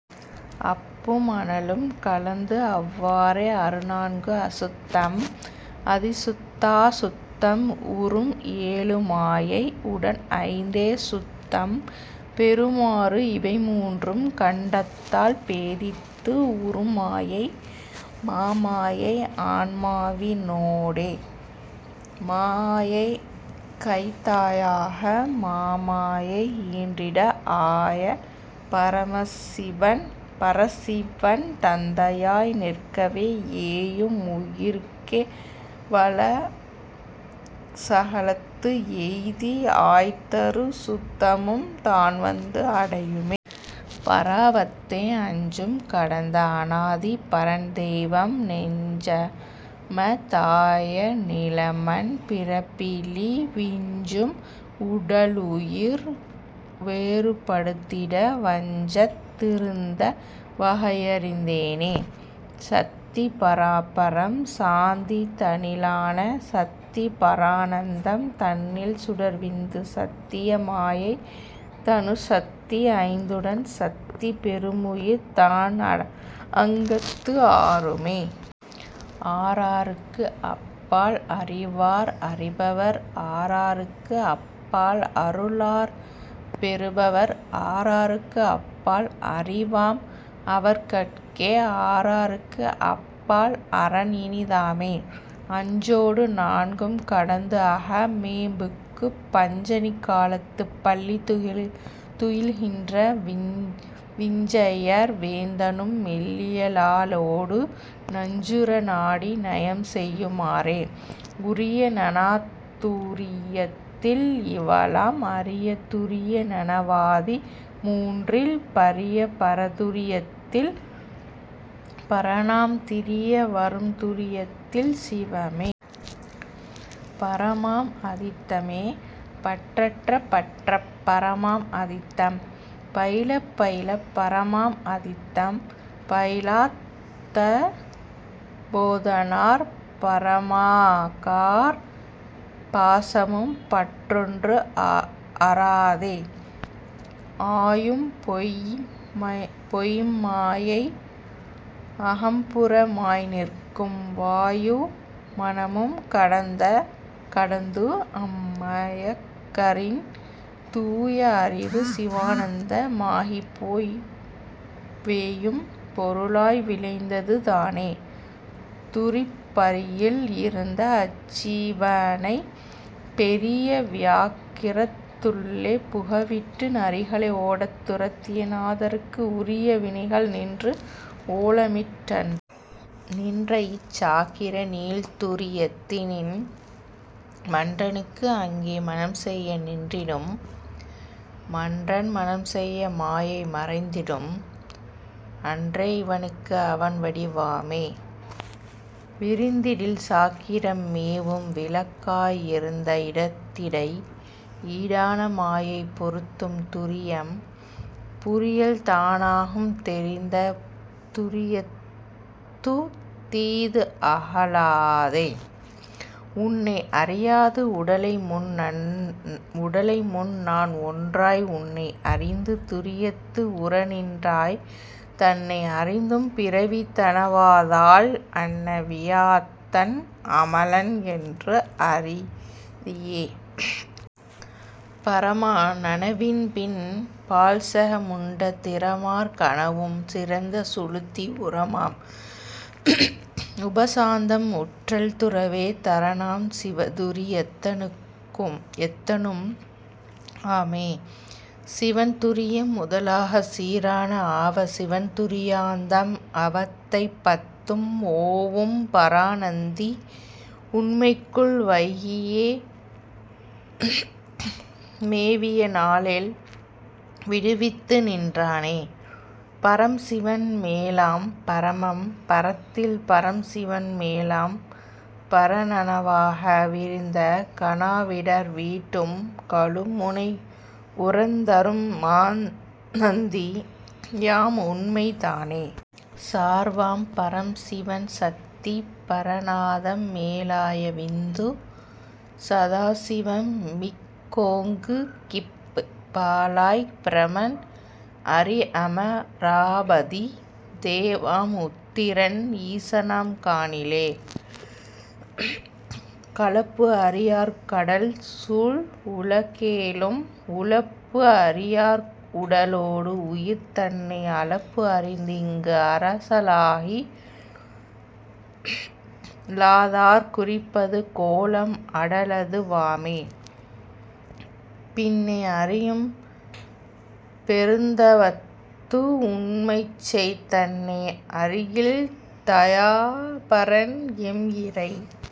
அப்பும் அனலும் கலந்ததுஅவ் வாறே. அறுநான்கு அசுத்தம் அதிசுத்தா சுத்தம் உறும்ஏழு மாயை உடன்ஐந்தே சுத்தம் பெறுமாறு இவைமூன்றும் கண்டத்தால் பேதித்து உறும்மாயை மாமாயை ஆன்மாவி னோடே. மாயைகைத் தாயாக மாமாயை ஈன்றிட ஆய பரசிவன் தந்தையாய் நிற்கவே ஏயும் உயிர்க்கே வலசகலத்து எய்தி ஆய்தரு சுத்தமும் தான்வந்து அடையுமே.. பராவத்தை அஞ்சும் கடந்த அனாதி பரன்தெய்வம் நெஞ்சம தாய நிமலன் பிறப்பிலி விஞ்சும் உடலுயிர் வேறு படுத்திட வஞ்சத் திருந்த வகையறிந் தேனே. சத்தி பராபரம் சாந்தி தனிலான சத்தி பரானந்தம் தன்னில் சுடர்விந்து சத்திய மாயை தனுச்சத்தி ஐந்துடன் சத்தி பெறுமுயிர் தான்அங்கத்து ஆறுமே. ஆறாறுக்கு அப்பால் அறிவார் அறிபவர் ஆறாறுக்கு அப்பால் அருளார் பெறுபவர் ஆறாறுக்கு அப்பால் அறிவாம் அவர்கட்கே ஆறாறுக்கு அப்பால் அரன்இனி தாமே. அஞ்சொடு நான்கும் கடந்துஅக மேபுக்குப் பஞ்சணி காலத்துப் பள்ளி துயில்கின்ற விஞ்சையர் வேந்தனும் மெல்லிய லாளொடு நஞ்சுற நாடி நயம்செய்யு மாறே. உரிய நனாத்துரி யத்தில் இவளாம் அரிய துரிய நனவாதி மூன்றில் பரிய பரதுரி யத்தில் பரனாம் திரிய வரும்துரி யத்தில் சிவமே. பரமாம் அதீதமே பற்றறப் பற்றப் பரமாம் அதீதம் பயிலப் பயிலப் பரமாம் அதீதம் பயிலாத் தபோதனார் பரமாகார் பாசமும் பற்றொன்றுஅ றாதே. ஆயும்பொய்ம் மாயை அகம்புற மாய்நிற்கும் வாயு மனமும் கடந்துஅம் மயக்கறின் தூய அறிவு சிவானந்த மாகிப்போய் வேயும் பொருளாய் விளைந்தது தானே. துரியப் பரியில் இருந்தஅச் சீவனைப் பெரிய வியாக்கிரத் துள்ளே புகவிட்டு நரிகளை ஓடத் துரத்திய நாதர்க்கு உரிய வினைகள் நின்று ஓலமிட் டன்றே. நின்றஇச் சாக்கிர நீள்துரி யத்தினின் மன்றனும் அங்கே மணம்செய்ய நின்றிடும் மன்றன் மணம்செய்ய மாயை மறைந்திடும் அன்றே இவனும் அவன்வடி வாமே. விரிந்திடில் சாக்கிரம் மேவும் விளக்காய் இருந்த இடத்திடை ஈடான மாயை பொருந்தும் துரியம் புரியல்தா னாகும் தெரிந்த துரியத்துத் தீதுஅக லாதே. உன்னை அறியாது உடலைமுன் நான்ஒன்றாய் உன்னை அறிந்து துரியத்து உறநின்றாய் தன்னை அறிந்தும் பிறவி தணவாதால் அன்ன வியாத்தன் அமலன் என்று அறிதியே. பரமா நனவின்பின் பால்சக முண்ட திரமார் கனவும் சிறந்த சுழுத்தி உரமாம் உபசாந்தம் உற்றல் துறவே தரனாம் சிவதுரி யத்தனும் ஆமே. சீவன் துரியம் முதலாகச் சீரான ஆவ சிவன்துரி யாந்தம் அவத்தைபத்தும் ஓவும் பராநந்தி உண்மைக்குள் வைகியே மேவிய நாலேழ் விடுவித்துநின் றானே. பரம்சிவன் மேலாம் பரமம் பரத்தில் பரம்சிவன் மேலாம் பரநனவாக விரிந்த கனாவிடர் வீட்டும் கழுமுனை உரந்தரும் மாநந்தி யாம்உண்மை தானே. சார்வாம் பரம்சிவன் சத்தி பரநாதம் மேலாய விந்து சதாசிவம் மிக்கோங்கிப் பாலாய்ப் பிரமன் அரிஅம ராபதி தேவாம் உருத்திரன் ஈசனாம் காணிலே. கலப்புஅறி யார்கடல் சூழ்உல கேழும் உலப்புஅறி யார்உட லோடுஉயிர் தன்மை அலப்புஅறிந்து இங்குஅர சாளகி லாதார் குறிப்பது கோலம் அடலது வாமே. பின்னை அறியும் பெருந்தவத்து உண்மைசெய் தன்னை அறியில் தயாபரன் எம்இறை